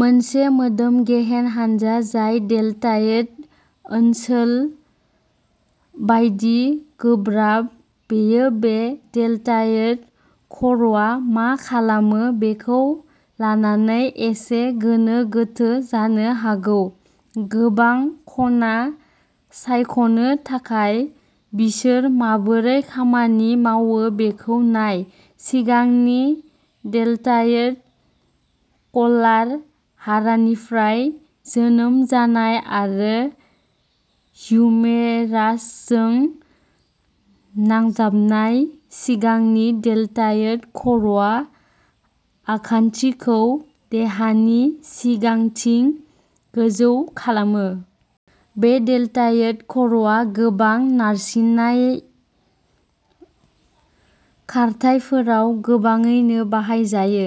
मोनसे मोदोम-गेहेन हानजा जाय डेलटइड ओनसोल बायदि गोब्राब, बेयो बबे डेलटइड खर'आ मा खालामो बेखौ लानानै एसे गोनो-गोथो जानो हागौ। गोबां खना सायख'नो थाखाय बिसोर माबोरै खामानि मावो बेखौ नाय। सिगांनि डेलटइडः कलार हारानिफ्राय जोनोम जानाय आरो हिउमेरासजों नांजाबनाय, सिगांनि डेलटइड खर'आ आखान्थिखौ देहानि सिगांथिं गोजौ खालामो। बे डेलटइड खर'आ गोबां नारसिननाय खारथाइफोराव गोबाङैनो बाहायजायो।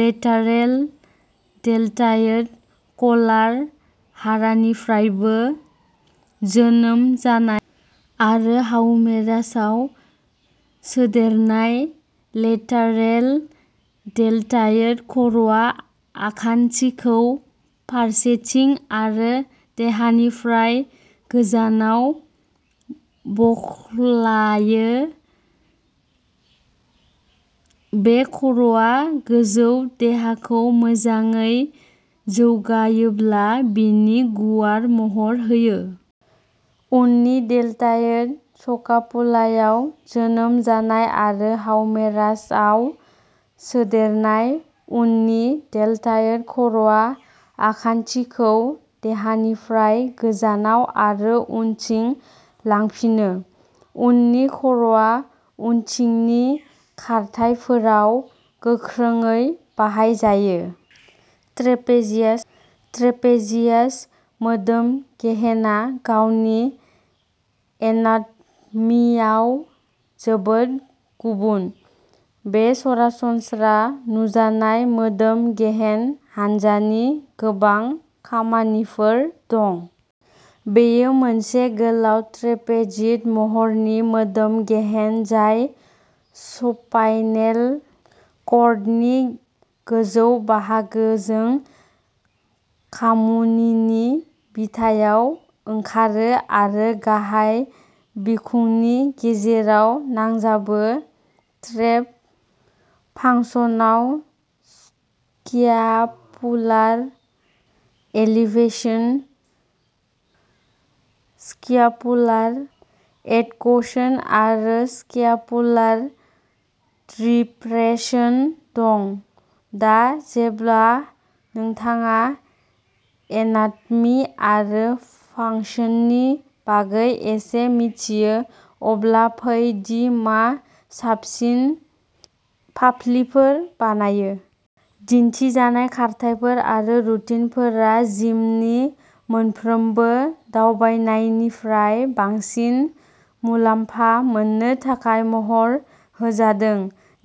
लेटारेल डेलटइडः कलार हारानिफ्रायबो जोनोम जानाय आरो ह्यूमेरासआव सोदेरनाय, लेटारेल डेलटइड खर'आ आखान्थिखौ फारसेथिं आरो देहानिफ्राय गोजानाव बोख्लायो। बे खर'आ गोजौ देहाखौ मोजाङै जौगायोब्ला बिनि गुवार महर होयो। उननि डेलटइडः स्कापुलायाव जोनोम जानाय आरो ह्यूमेरासआव सोदेरनाय, उननि डेलटइड खर'आ आखान्थिखौ देहानिफ्राय गोजानाव आरो उनथिं लांफिनो। उननि खर'आ उनथिंनि खारथाइफोराव गोख्रोङै बाहायजायो। ट्रेपेजियासः ट्रेपेजियास मोदोम गेहेनआ गावनि एनाटमीआव जोबोद गुबुन। बे सरासनस्रा नुजानाय मोदोम गेहेन हान्जानि गोबां खामानिफोर दं। बेयो मोनसे गोलाव, ट्रेपेजइड महरनि मोदोम गेहेन जाय स्पाइनेल कर्डनि गोजौ बाहागोजों खामुनिनि बिथायाव ओंखारो आरो गाहाय बिखुंनि गेजेराव नांजाबो। ट्रेप फांसनआव स्क्यापुलार एलिभेशन, स्क्यापुलार एडक्शन आरो स्क्यापुलार डिप्रेसन दं। दा जेब्ला नोंथाङा एनाटमी आरो फांशननि बागै एसे मिथियो, अब्ला फै दि मा साबसिन फाफ्लिफोर बानायो। दिन्थिजानाय खारथाइफोर आरो रुटिनफोरा जिमनि मोनफ्रोमबो दावबायनायनिफ्राय बांसिन मुलाम्फा मोननो थाखाय महर होजादों।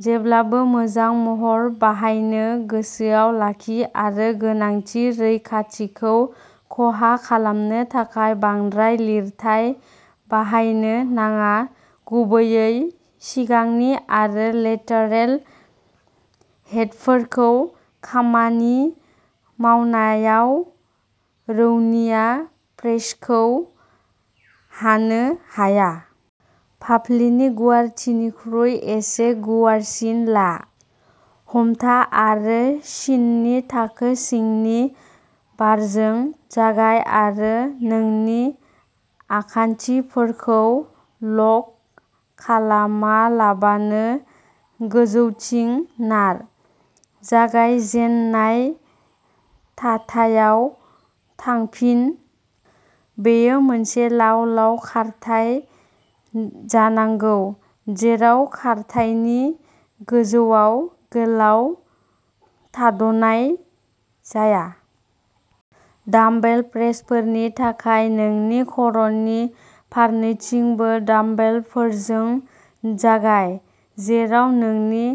जेब्लाबो मोजां महर बाहायनो गोसोआव लाखि आरो गोनांथि रैखाथिखौ खहा खालामनो थाखाय बांद्राय लिरथाइ बाहायनो नाङा। गुबैयै सिगांनि आरो लेटारेल हेडफोरखौ खामानि मावनायाव रौनिया प्रेसखौ हानो हाया। फाफ्लिनि गुवारथिनिख्रुइ एसे गुवारसिन ला। हमथा आरो सिननि थाखो सिंनि बारजों जागाय आरो नोंनि आखान्थिफोरखौ लक खालामालाबानो गोजौथिं नार। जागायजेननाय थाथायाव थांफिन। बेयो मोनसे लाव-लाव खारथाय जानांगौ, जेराव खारथायनि गोजौआव गोलाव थाद'नाय जाया। डामबेल प्रेसफोरनि थाखाय नोंनि खर'नि फारनैथिंबो डामबेलफोरजों जागाय, जेराव नोंनि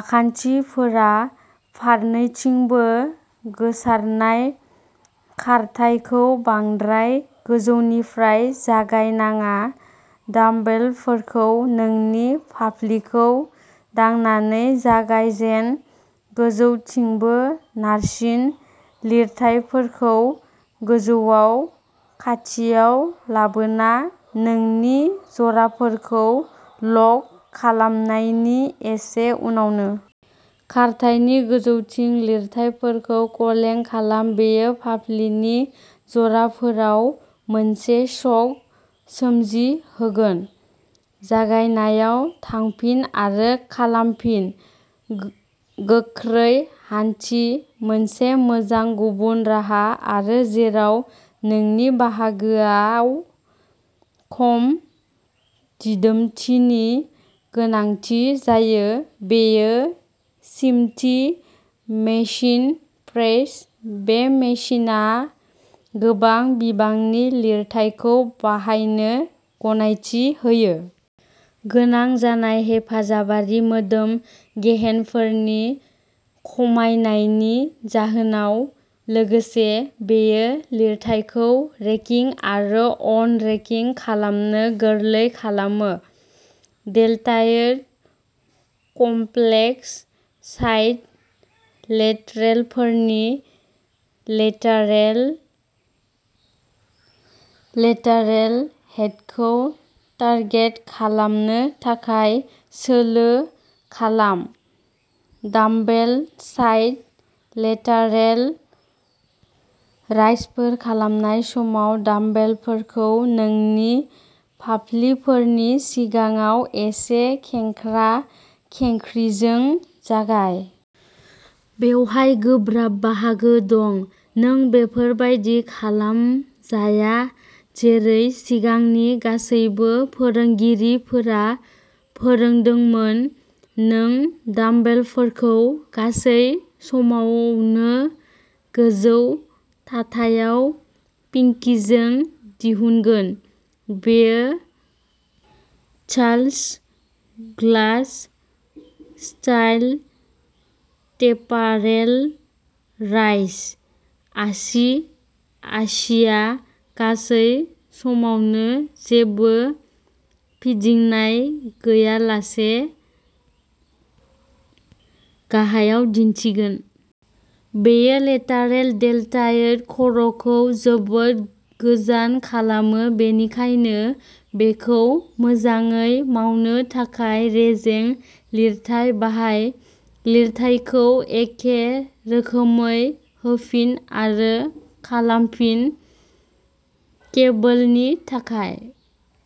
आखान्थिफोरा फारनैथिंबो गोसारनाय। खारथायखौ बांद्राय गोजौनिफ्राय जागायनाङा; डामबेलफोरखौ नोंनि फाफ्लिखौ दांनानै जागायजेन। गोजौथिंबो नारसिन, लिरथाइफोरखौ गोजौआव खाथियाव लाबोना, नोंनि जराफोरखौ लक खालामनायनि एसे उनावनो। खारथायनि गोजौथिं लिरथाइफोरखौ क्लें खालाम-बेयो फाफ्लिनि जराफोराव मोनसे शक सोमजिहोगोन। जागायनायाव थांफिन आरो खालामफिन। गोख्रै हानथिः मोनसे मोजां गुबुन राहा, आरो जेराव नोंनि बाहागोआव खम दिदोमथिनि गोनांथि जायो, बेयो स्मिथ मेसिन प्रेस। बे मेसिनआ गोबां बिबांनि लिरथाइखौ बाहायनो गनायथि होयो। गोनां जानाय हेफाजाबारि मोदोम गेहेनफोरनि खमायनायनि जाहोनाव। लोगोसे, बेयो लिरथायखौ रेकिं आरो आन-रेकिं खालामनो गोरलै खालामो। डेल्टइड कमप्लेक्स साइड लेटरेलफोरनि लेटारेल लेटारेल हेडखौ टार्गेट खालामनो थाखाय सोलो खालाम। डामबेल साइड लेटारेल राइजफोर खालामनाय समाव डामबेलफोरखौ नोंनि फाफ्लिफोरनि सिगाङाव एसे खेंख्रा-खेंख्रिजों जागाय। बेवहाय गोब्राब बाहागो दंः नों बेफोर बायदि खालामजाया जेरै सिगांनि गासैबो फोरोंगिरिफोरा फोरोंदोंमोन। नों डामबेलफोरखौ गासै समावनो गोजौ थाथायाव पिंकिजों दिहुनगोन। बेयो चार्ल्स ग्लास स्टाइल टेपारेल राइज। आसि-आसिआ गासै समावनो जेबो फिदिंनाय गैयालासे गाहायाव दिन्थिगोन। बेयो लेटारेल डेल्टइड खर'खौ जोबोद गोजान खालामो, बेनिखायनो बेखौ मोजाङै मावनो थाखाय रेजें लिरथाइ बाहाय। लिरथायखौ एखे रोखोमै होफिन आरो खालामफिन। केबोलनि थाखाय।